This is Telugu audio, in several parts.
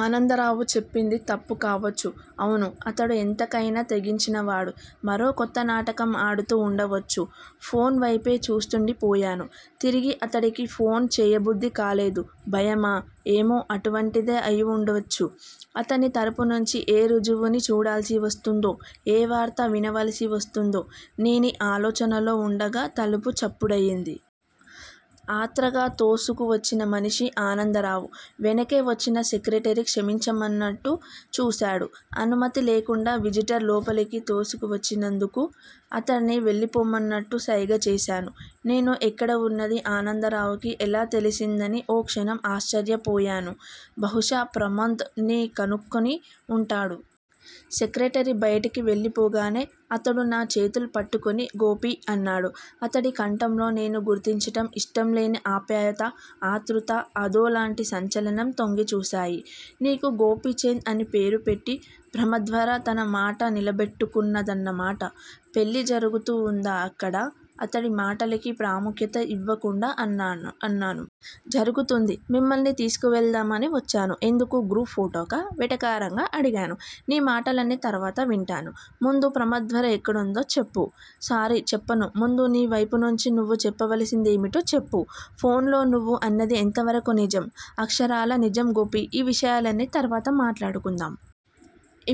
ఆనందరావు చెప్పింది తప్పుకావచ్చు. అవును. అతడు ఎంతకయినా తెగించినవాడు. మరో కొత్త నాటకం ఆడుతూ వుండవచ్చు. ఫోన్ వైపే చూస్తూండిపోయాను. తిరిగి అతడికి ఫోన్ చేయబుద్ది కాలేదు. భయమా? ఏమో అటువంటిదే అయివుండవచ్చు. అతని తరపునుంచి ఏ రుజువుని చూడాల్సి వస్తుందో, ఏ వార్త వినవలసి వస్తుందో నేనీ ఆలోచనలో వుండగా తలుపు చప్పుడయింది. ఆత్రంగా తోసుకు వచ్చిన మనిషి- ఆనందరావు. వెనకే వచ్చిన సెక్రటరీ క్షమించమన్నట్టు చూశాడు. అనుమతి లేకుండా విజిటర్ లోపలికి తోసుకు వచ్చినందుకు. అతడిని వెళ్ళిపొమ్మన్నట్టు సైగ చేశాను. నేను ఎక్కడ వున్నదీ ఆనందరావుకి ఎలా తెలిసిందాని ఓ క్షణం ఆశ్చర్యపోయాను. బహుశా ప్రబంధ్ ని కనుక్కుని ఉంటాడు. సెక్రటరీ బయటికి వెళ్ళిపోగానే అతడు నా చేతులు పట్టుకుని 'గోపీ' అన్నాడు. అతడి కంఠంలో నేను గుర్తించటం ఇష్టంలేని ఆప్యాయత, ఆతృత, అదోలాంటి సంచలనం తొంగిచూశాయి. నీకు గోపీచంద్ అని పేరుపెట్టి ప్రమద్వర తన మాట నిలబెట్టుకున్న దన్నమాట. పెళ్ళి జరుగుతూ వుందా అక్కడ? అతడి మాటలకి ప్రాముఖ్యత ఇవ్వకుండా అన్నాను. జరుగుతూంది. మిమ్మల్ని తీసుకువెళ్దామనే వచ్చాను. ఎందుకు? గ్రూఫ్ ఫొటోకా? వెటకారంగా అడిగాను. నీ మాటలన్నీ తరువాత వింటాను. ముందు ప్రమద్వర ఎక్కడుందో చెప్పు. సారీ చెప్పను ముందు నీ వైపునుంచి నువ్వు చెప్పవలసిందేమిటో చెప్పు. ఫోన్ లో నువ్వు అన్నది ఎంతవరకూ నిజం? అక్షరాల నిజం గోపీ ఈ విషయాలన్నీ తరువాత మాట్లాడుకుందాం.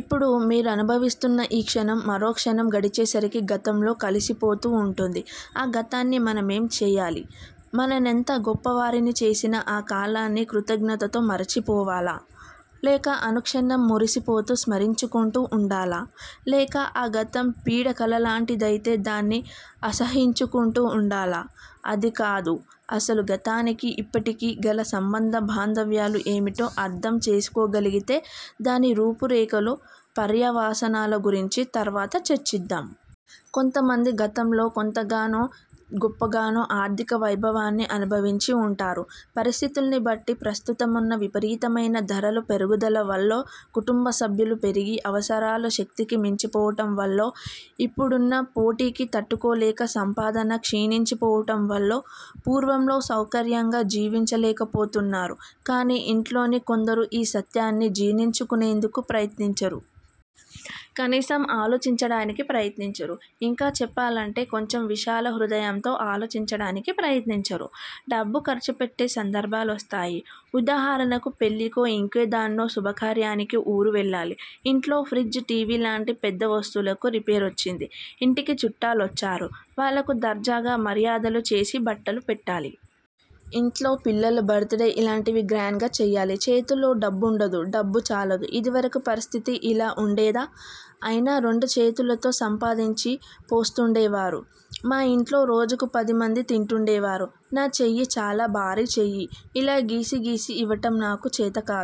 ఇప్పుడు మీరనుభవిస్తున్న ఈ క్షణం, మరోక్షణం గడిచేసరికి గతంలో కలిసిపోతూ వుంటుంది. ఆ గతాన్ని మనమేం చేయాలి? మననెంతో గొప్పవారిని చేసిన ఆ కాలాన్ని కృతజ్ఞతతో మరిచిపోవాలా? లేక అనుక్షణం మురిసిపోతూ స్మరించుకుంటూ ఉండాలా? లేక ఆ గతం పీడకలలాంటిదైతే దాన్ని అసహ్యించుకుంటూ వుండాలా? అదికాదు అసలు గతానికీ, ఇప్పటికీ గల సంబంధ బాంధవ్యాలు ఏమిటో అర్ధం చేసుకోగలిగితే, దాని రూపురేఖలూ, పర్యవసానాల గురించి తర్వాత చర్చిద్దాం. కొంతమంది గతంలో కొంతగానో, గొప్పగానో ఆర్ధిక వైభవాన్ని అనుభవించి వుంటారు. పరిస్థితుల్ని బట్టి ప్రస్తుతమున్న విపరీతమైన ధరల పెరుగుదల వల్లో, కుటుంబసభ్యులు పెరిగి, అవసరాలు శక్తికి మించిపోవటం వల్లో, ఇప్పుడున్న పోటీకి తట్టుకోలేక సంపాదన క్షీణించిపోవటంవల్లో పూర్వంలా సౌకర్యంగా జీవించలేకపోతున్నారు. కాని ఇంట్లోని కొందరు ఈ సత్యాన్ని జీర్ణించుకునేందుకు ప్రయత్నించరు. కనీసం ఆలోచించటానికి ప్రయత్నించరు. ఇంకా చెప్పాలంటే కొంచెం విశాలహృదయంతో ఆలోచించడానికి ప్రయత్నించరు. డబ్బు ఖర్చుపెట్టే సందర్భాలొస్తాయి. ఉదాహరణకు పెళ్ళికో, ఇంకేదన్నా శుభకార్యానికో ఊరు వెళ్ళాలి. ఇంట్లో ఫ్రిజ్, టీవీ ఇలాంటి పెద్ద వస్తువులకు రిపేరొచ్చింది. ఇంటికి చుట్టాలొచ్చారు. వాళ్ళకు దర్జాగా మర్యాదలు చేసి బట్టలు పెట్టాలి. ఇంట్లో పిల్లల బర్త్ డే ఇలాంటివి గ్రాండ్ గా చెయ్యాలి. చేతిలో డబ్బుండదు డబ్బు చాలదు. ఇదివరకు పరిస్థితి ఇలా వుండేదా? ఆయన రెండుచేతులతో సంపాదించి పోస్తుండేవారు. మా ఇంట్లో రోజుకు పదిమంది తింటుండేవారు. నా చెయ్యి చాలా భారీ చెయ్యి, ఇలా గీసి గీసి ఇవ్వటం నాకు చేతకాదు.